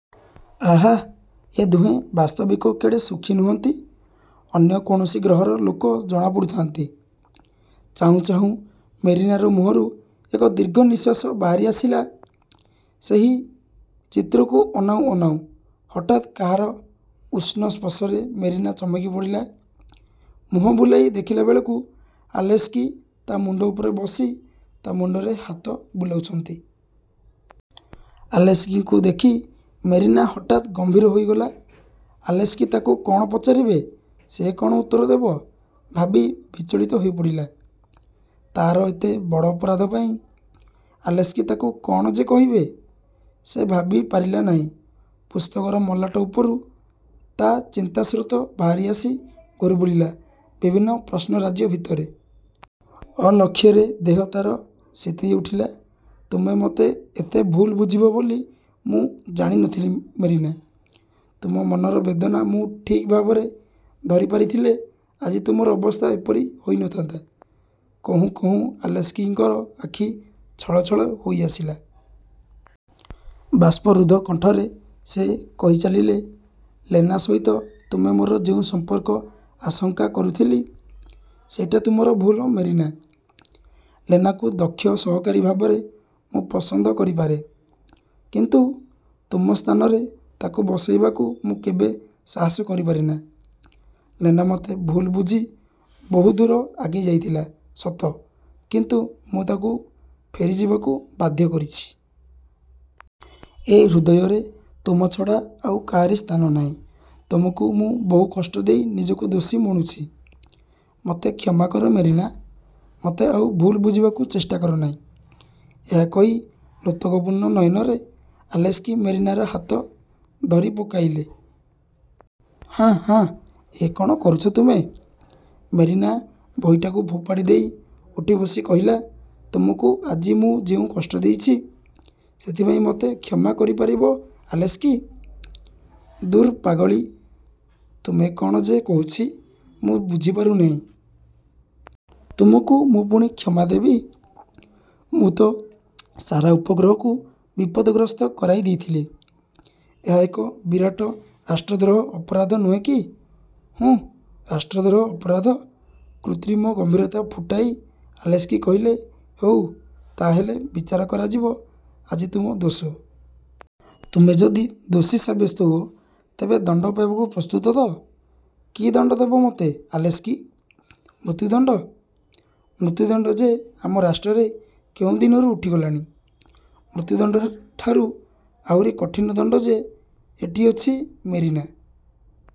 ଆହା, ଏ ଦୁହେଁ ବାସ୍ତବିକ କେଡ଼େ ସୁଖୀ ନୁହନ୍ତି? ଅନ୍ୟ କୌଣସି ଗ୍ରହର ଲୋକ ଜଣାପଡ଼ୁଥାନ୍ତି। ଚାହୁଁ ଚାହୁଁ ମେରିନାର ମୁହଁରୁ ଏକ ଦୀର୍ଘ ନିଃଶ୍ୱାସ ବାହାରି ଆସିଲା ସେଇ ଚିତ୍ରକୁ ଅନାଉଁ ଅନାଉଁ। ହଠାତ୍ କାହାର ଉଷ୍ଣ ସ୍ପର୍ଶରେ ମେରିନା ଚମକି ପଡ଼ିଲା। ମୁହଁ ବୁଲାଇ ଦେଖିଲାବେଳକୁ ଆଲେସ୍କି ତା' ମୁଣ୍ଡ ଉପରେ ବସି ତା ମୁଣ୍ଡରେ ହାତ ବୁଲାଉଛନ୍ତି। ଆଲେସ୍କିଙ୍କୁ ଦେଖି ମେରିନା ହଠାତ୍ ଗମ୍ଭୀର ହୋଇଗଲା। ଆଲେସ୍କି ତାକୁ କଣ ପଚାରିବେ, ସେ କଣ ଉତ୍ତର ଦେବ ଭାବି ବିଚଳିତ ହୋଇପଡ଼ିଲା। ତା'ର ଏତେ ବଡ଼ ଅପରାଧ ପାଇଁ ଆଲେସ୍କି ତାକୁ କଣ ଯେ କହିବେ, ସେ ଭାବିପାରିଲା ନାହିଁ। ପୁସ୍ତକର ମଲାଟ ଉପରୁ ତା ଚିନ୍ତାସ୍ରୋତ ବାହାରି ଆସି ଘୂରିବୁଲିଲା ବିଭିନ୍ନ ପ୍ରଶ୍ନ-ରାଜ୍ୟ ଭିତରେ। ଅଲକ୍ଷ୍ୟରେ ଦେହ ତାର ଶୀତେଇ ଉଠିଲା। ''ତୁମେ ମୋତେ ଏତେ ଭୁଲ ବୁଝିବ ବୋଲି ମୁଁ ଜାଣି ନଥିଲି ମେରିନା! ତୁମ ମନର ବେଦନା ମୁଁ ଠିକ୍ ଭାବରେ ଧରିପାରିଥିଲେ ଆଜି ତୁମର ଅବସ୍ଥା ଏପରି ହୋଇ ନଥାନ୍ତା। '' କହୁଁ କହୁଁ ଆଲେସ୍କିଙ୍କର ଆଖି ଛଳଛଳ ହୋଇଆସିଲା। ବାଷ୍ପରୁଦ୍ଧ କଣ୍ଠରେ ସେ କହିଚାଲିଲେ, ''ଲେନା ସହିତ ତୁମେ ମୋର ଯେଉଁ ସମ୍ପର୍କ ଆଶଙ୍କା କରୁଥିଲି, ସେଇଟା ତୁମର ଭୁଲ ମେରିନା! ଲେନାକୁ ଦକ୍ଷ ସହକାରୀ ଭାବରେ ମୁଁ ପସନ୍ଦ କରିପାରେ; କିନ୍ତୁ ତୁମ ସ୍ଥାନରେ ତାକୁ ବସାଇବାକୁ ମୁଁ କେବେ ସାହସ କରିପାରେନା। ଲେନା ମୋତେ ଭୁଲ୍ ବୁଝି ବହୁ ଦୂର ଆଗେଇଯାଇଥିଲା ସତ; କିନ୍ତୁ ମୁଁ ତାକୁ ଫେରିଯିବାକୁ ବାଧ୍ୟ କରିଛି। ଏ ହୃଦୟରେ ତୁମ ଛଡ଼ା ଆଉ କାହାରି ସ୍ଥାନ ନାହିଁ। ତୁମକୁ ମୁଁ ବହୁକଷ୍ଟ ଦେଇ ନିଜକୁ ଦୋଷୀ ମଣୁଛି। ମୋତେ କ୍ଷମାକର ମେରିନା! ମୋତେ ଆଉ ଭୁଲ ବୁଝିବାକୁ ଚେଷ୍ଟା କରନାହିଁ। '' ଏହା କହି ଲୋତକପୂର୍ଣ୍ଣ ନୟନରେ ଆଲେସ୍କି ମେରିନାର ହାତ ଧରିପକାଇଲେ। ''ହାଁ, ହାଁ, ଏ କଣ କରୁଛ ତୁମେ? '' ମେରିନା ବହିଟାକୁ ଫୋପାଡ଼ି ଦେଇ ଉଠି ବସି କହିଲା, ''ତୁମକୁ ଆଜି ମୁଁ ଯେଉଁ କଷ୍ଟ ଦେଇଛି, ସେଥିପାଇଁ ମୋତେ କ୍ଷମା କରିପାରିବ ଆଲେସ୍କି? '' ''ଦୂର୍ ପାଗଳି, ତୁମେ କ'ଣ ଯେ କହୁଛି ମୁଁ ବୁଝିପାରୁନାହିଁ। ତୁମକୁ ମୁଁ ପୁଣି କ୍ଷମା ଦେବି-? '' ''ମୁଁ ତ ସାରା ଉପଗ୍ରହକୁ ବିପଦଗ୍ରସ୍ତ କରାଇ ଦେଇଥିଲି। ଏହା ଏକ ବିରାଟ ରାଷ୍ଟ୍ରଦ୍ରୋହ ଅପରାଧ ନୁହେଁ କି? '' ''ହୁଁ, ରାଷ୍ଟ୍ରଦ୍ରୋହ ଅପରାଧ! '' କୃତ୍ରିମ ଗମ୍ଭୀରତା ଫୁଟାଇ ଆଲେସ୍କି କହିଲେ, ''ହେଉ, ତା' ହେଲେ ବିଚାର କରାଯିବ ଆଜି ତୁମ ଦୋଷ। ତୁମେ ଯଦି ଦୋଷୀ ସାବ୍ୟସ୍ତ ହୁଅ, ତେବେ ଦଣ୍ଡ ପାଇବାକୁ ପ୍ରସ୍ତୁତ ତ? '' ''କି ଦଣ୍ଡ ଦେବ ମୋତେ ଆଲେସ୍କି? ମୃତ୍ୟୁଦଣ୍ଡ? ମୃତ୍ୟୁଦଣ୍ଡ ଯେ ଆମ ରାଷ୍ଟ୍ରରେ କେଉଁ ଦିନରୁ ଉଠିଗଲାଣି। '' ''ମୃତ୍ୟୁଦଣ୍ଡଠାରୁ ଆହୁରି କଠିନ ଦଣ୍ଡ ଯେ ଏଠି ଅଛି ମେରିନା!